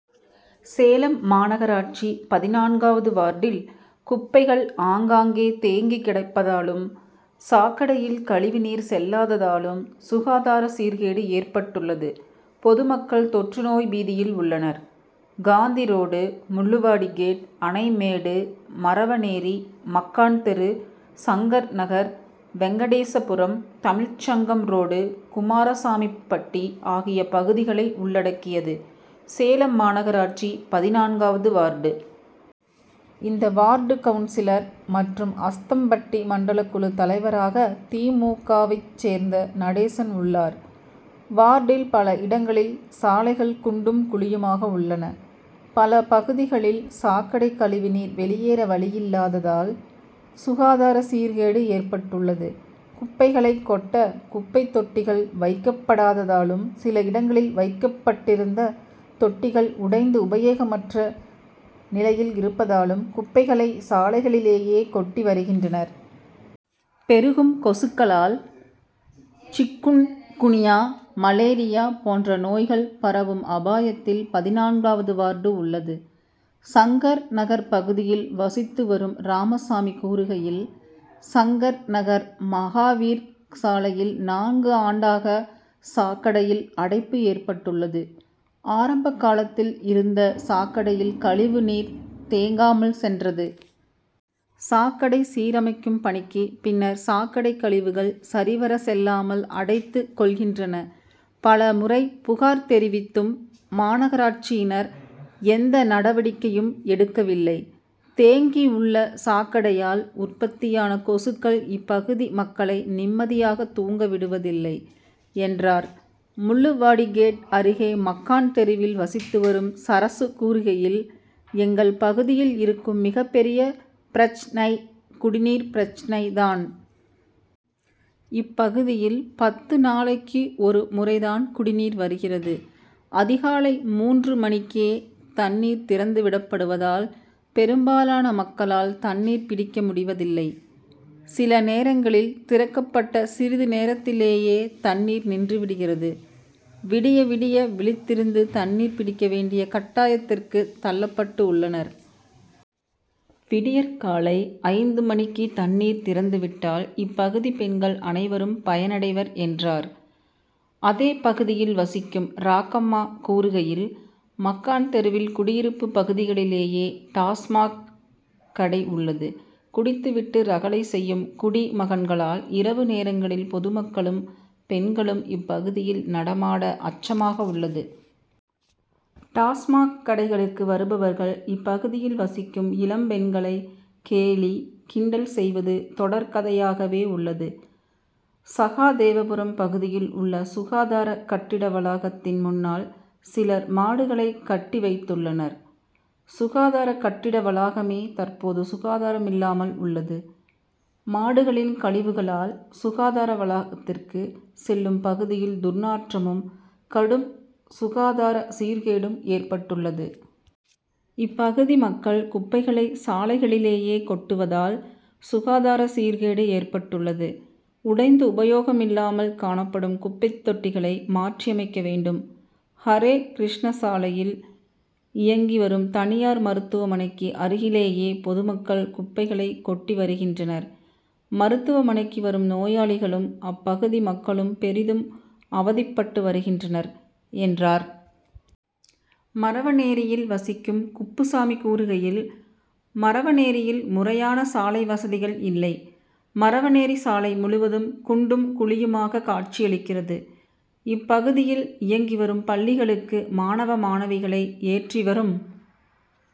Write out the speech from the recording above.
சேலம் மாநகராட்சி பதினான்காவது வார்டில் குப்பைகள் ஆங்காங்கே தேங்கி கிடப்பதாலும், சாக்கடையில் கழிவு நீர் செல்லாததாலும் சுகாதார சீர்கேடு ஏற்பட்டுள்ளது. பொதுமக்கள் தொற்று நோய் பீதியில் உள்ளனர். காந்தி ரோடு, முள்ளுவாடிகேட், அணைமேடு, மரவனேரி, மக்கான் தெரு, சங்கர் நகர், வெங்கடேச புரம், தமிழ்ச்சங்கம் ரோடு, குமாரசாமிப்பட்டி ஆகிய பகுதிகளை உள்ளடக்கியது சேலம் மாநாகராட்சி பதினான்காவது வார்டு. இந்த வார்டு கவுன்சிலர் மற்றும் அஸ்தம்பட்டி மண்டல குழு தலைவராக தி. மு. க.,வைச் சேர்ந்த நடேசன் உள்ளார். வார்டில் பல இடங்களில் சாலைகள் குண்டும், குழியுமாக உள்ளன. பல பகுதிகளில் சாக்கடை கழிவு நீர் வெளியேற வழியில்லாததால், சுகாதார சீர்கேடு ஏற்பட்டுள்ளது. குப்பைகளை கொட்ட குப்பை தொட்டிகள் வைக்கப்படாததாலும், சில இடங்களில் வைக்கப்பட்டிருந்த தொட்டிகள் உடைந்து, உபயோகமற்ற நிலையில் இருப்பதாலும் குப்பைகளை சாலைகளிலேயே கொட்டி வருகின்றனர். பெருகும் கொசுக்களால் சிக்குன்குனியா, மலேரியா போன்ற நோய்கள் பரவும் அபாயத்தில் பதினான்காவது வார்டு உள்ளது. சங்கர் நகர் பகுதியில் வசித்து வரும் ராமசாமி கூறுகையில், சங்கர் நகர் மகாவீர் சாலையில் நான்கு ஆண்டாக சாக்கடையில் அடைப்பு ஏற்பட்டுள்ளது. ஆரம்ப காலத்தில் இருந்த சாக்கடையில் கழிவு நீர் தேங்காமல் சென்றது. சாக்கடை சீரமைக்கும் பணிக்கு பின்னர் சாக்கடை கழிவுகள் சரிவர செல்லாமல் அடைத்து கொள்கின்றன. பல முறை புகார் தெரிவித்தும் மாநகராட்சியினர் எந்த நடவடிக்கையும் எடுக்கவில்லை. தேங்கி உள்ள சாக்கடையால் உற்பத்தியான கொசுக்கள் இப்பகுதி மக்களை நிம்மதியாக தூங்க விடுவதில்லை,'' என்றார். முள்ளுவாடி கேட் அருகே மக்கான் தெருவில் வசித்து வரும் சரசு கூறுகையில், ""எங்கள் பகுதியில் இருக்கும் மிகப்பெரிய பிரச்னை குடிநீர் பிரச்னை தான். இப்பகுதியில் பத்து நாளைக்கு ஒரு முறை தான் குடிநீர் வருகிறது. அதிகாலை மூன்று மணிக்கே தண்ணீர் திறந்து விடப்படுவதால், பெரும்பாலான மக்களால் தண்ணீர் பிடிக்க முடிவதில்லை. சில நேரங்களில் திறக்கப்பட்ட சிறிது நேரத்திலேயே தண்ணீர் நின்றுவிடுகிறது. விடிய, விடிய விழித்திருந்து தண்ணீர் பிடிக்க வேண்டிய கட்டாயத்திற்கு தள்ளப்பட்டு உள்ளனர். விடியற்காலை ஐந்து மணிக்கு தண்ணீர் திறந்து விட்டால் இப்பகுதி பெண்கள் அனைவரும் பயனடைவர், என்றார். அதே பகுதியில் வசிக்கும் ராக்கம்மா கூறுகையில், மக்கான் தெருவில் குடியிருப்பு பகுதிகளிலேயே டாஸ்மாக் கடை உள்ளது. குடித்து விட்டு ரகளை செய்யும் "குடி'மகன்களால் இரவு நேரங்களில் பொதுமக்களும், பெண்களும் இப்பகுதியில் நடமாட அச்சமாக உள்ளது. டாஸ்மாக் கடைகளுக்கு வருபவர்கள் இப்பகுதியில் வசிக்கும் இளம்பெண்களை கேலி, கிண்டல் செய்வது தொடர்கதையாகவே உள்ளது. சகாதேவபுரம் பகுதியில் உள்ள சுகாதார கட்டிட வளாகத்தின் முன்னால் சிலர் மாடுகளை கட்டி வைத்துள்ளனர். சுகாதார கட்டிட வளாகமே தற்போது சுகாதாரமில்லாமல் உள்ளது. மாடுகளின் கழிவுகளால் சுகாதார வளாகத்திற்கு செல்லும் பகுதியில் துர்நாற்றமும், கடும் சுகாதார சீர்கேடும் ஏற்பட்டுள்ளது. இப்பகுதி மக்கள் குப்பைகளை சாலைகளிலேயே கொட்டுவதால், சுகாதார சீர்கேடு ஏற்பட்டுள்ளது. உடைந்து உபயோகமில்லாமல் காணப்படும் குப்பைத்தொட்டிகளை மாற்றியமைக்க வேண்டும். ""ஹரே கிருஷ்ண சாலையில் இயங்கி வரும் தனியார் மருத்துவமனைக்கு அருகிலேயே பொதுமக்கள் குப்பைகளை கொட்டி வருகின்றனர். மருத்துவமனைக்கு வரும் நோயாளிகளும், அப்பகுதி மக்களும் பெரிதும் அவதிப்பட்டு வருகின்றனர்,'' என்றார். மரவனேரியில் வசிக்கும் குப்புசாமி கூறுகையில், ""மரவனேரியில் முறையான சாலை வசதிகள் இல்லை. மரவனேரி சாலை முழுவதும் குண்டும் குழியுமாக காட்சியளிக்கிறது. இப்பகுதியில் இயங்கி வரும் பள்ளிகளுக்கு மாணவ, மாணவிகளை ஏற்றி வரும்